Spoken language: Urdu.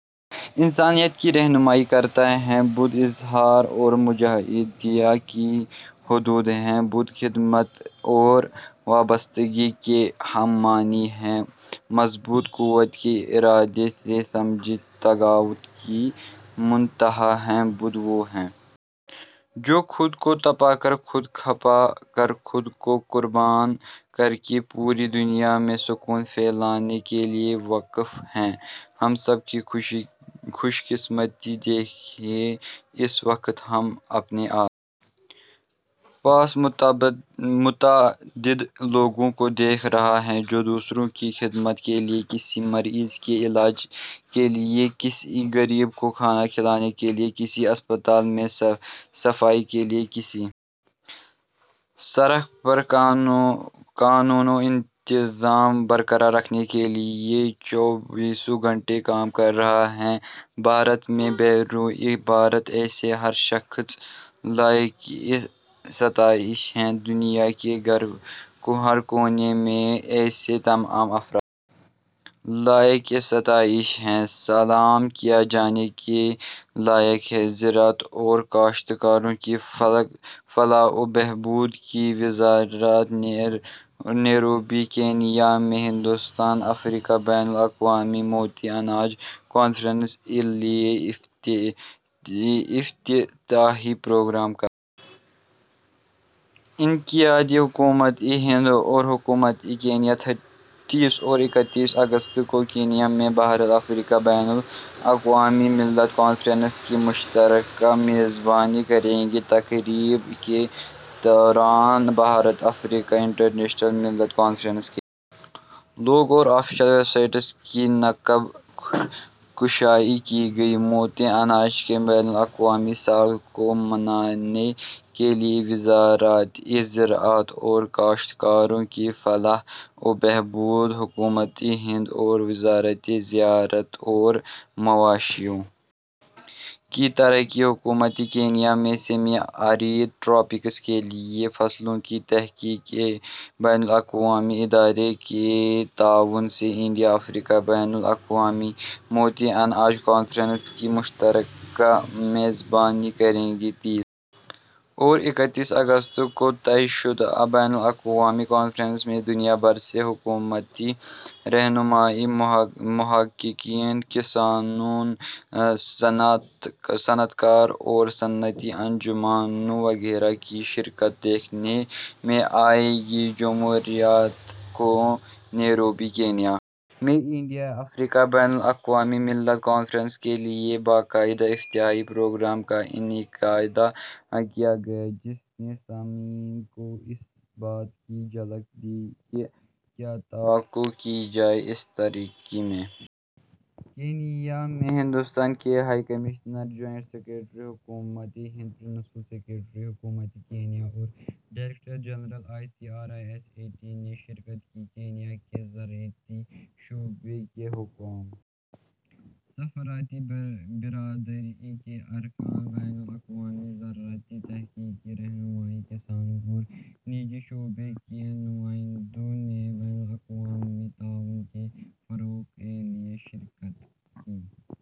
انسانیت کی رہنمائی کرتا ہے بدھ ایثار اور مجاہدے کی حدود ہیں بدھ خدمت اور وابستگی کے ہم معنی ہیں بدھ مضبوط قوت ارادی سے سماجی تغیر کی منتہا ہیں بدھ وہ ہیں جو خود کو تپا کر خود کھپا کر خود کو قربان کر کے پوری دنیا میں سکون پھیلانے کے لیے وقف ہیں ہم سبھی کی خوش قسمتی دیکھیے اس وقت ہم اپنے آس پاس متعدد لوگوں کو دیکھ رہے ہیں جو دوسروں کی خدمت کے لیے کسی مریض کے علاج کے لیے کسی غریب کو کھانا کھلانے کے لیے کسی اسپتال میں صفائی کے لیے کسی سڑک پر قانون و انتظام برقرار رکھنے کے لیے چوبیسوں گھنٹے کام کر رہے ہیں بھارت میں بیرون بھارت ایسا ہر شخص لائق ستائش ہے دنیا کے ہر کونے میں ایسے تمام افراد لائق ستائش ہیں سلام کیے جانے کے لائق ہیں زراعت اور کاشتکاروں کی فلاح و بہبود کی وزارت نیروبی کینیا میں ہندوستان افریقہ بین الاقوامی موٹے اناج کانفرنس کے لیے افتتاحی پروگرام کا انعقاد حکومت ہند اور حکومت کینیا تیس اور اکتیس اگست کو کینیا میں بھارت افریقہ بین الاقوامی ملیٹ کانفرنس کی مشترکہ میزبانی کریں گے تقریب کے دوران بھارت افریقہ انٹرنیشنل ملیٹ کانفرنس کے لوگو اور آفیشل ویب سائٹ کی نقاب کشائی کی گئی موٹے اناج کے بین الاقوامی سال کو منانے کے لیے وزارت زراعت اور کسانوں کی بہبود حکومت ہند اور وزارت زراعت اور مویشیوں کی ترقی حکومت کینیا میں سیمی ایرڈ ٹراپکس کے لیے فصلوں کی تحقیق کے بین الاقوامی ادارے کے تعاون سے انڈیا افریقہ بین الاقوامی موٹے اناج کانفرنس کی مشترکہ میزبانی کریں گی تیس اور اکتیس اگست کو طے شدہ بین الاقوامی کانفرنس میں دنیا بھر سے حکومتی رہنماؤں محققین کسانوں صنعت کاروں اور صنعتی انجمنوں وغیرہ کی شرکت دیکھنے میں آئے گی جمعرات کو نیروبی کینیا میں انڈیا افریقہ بین الاقوامی ملیٹ کانفرنس کے لیے باضابطہ افتتاحی پروگرام کا انعقاد کیا گیا جس نے سامعین کو اس بات کی جھلک دی کہ کیا توقع کی جائے اس تقریب میں کینیا میں ہندوستان کے ہائی کمشنر جوائنٹ سکریٹری حکومت ہند پرنسپل سکریٹری حکومت کینیا اور director general I C R I S A T نے شرکت کی کینیا کے زرعی شعبے کے حکام سفارتی برادری کے اراکین بین الاقوامی زرعی تحقیقی رہنماؤں کسانوں اور نجی شعبے کے نمائندوں نے بھی بین الاقوامی تعاون کے فروغ کے لیے شرکت کی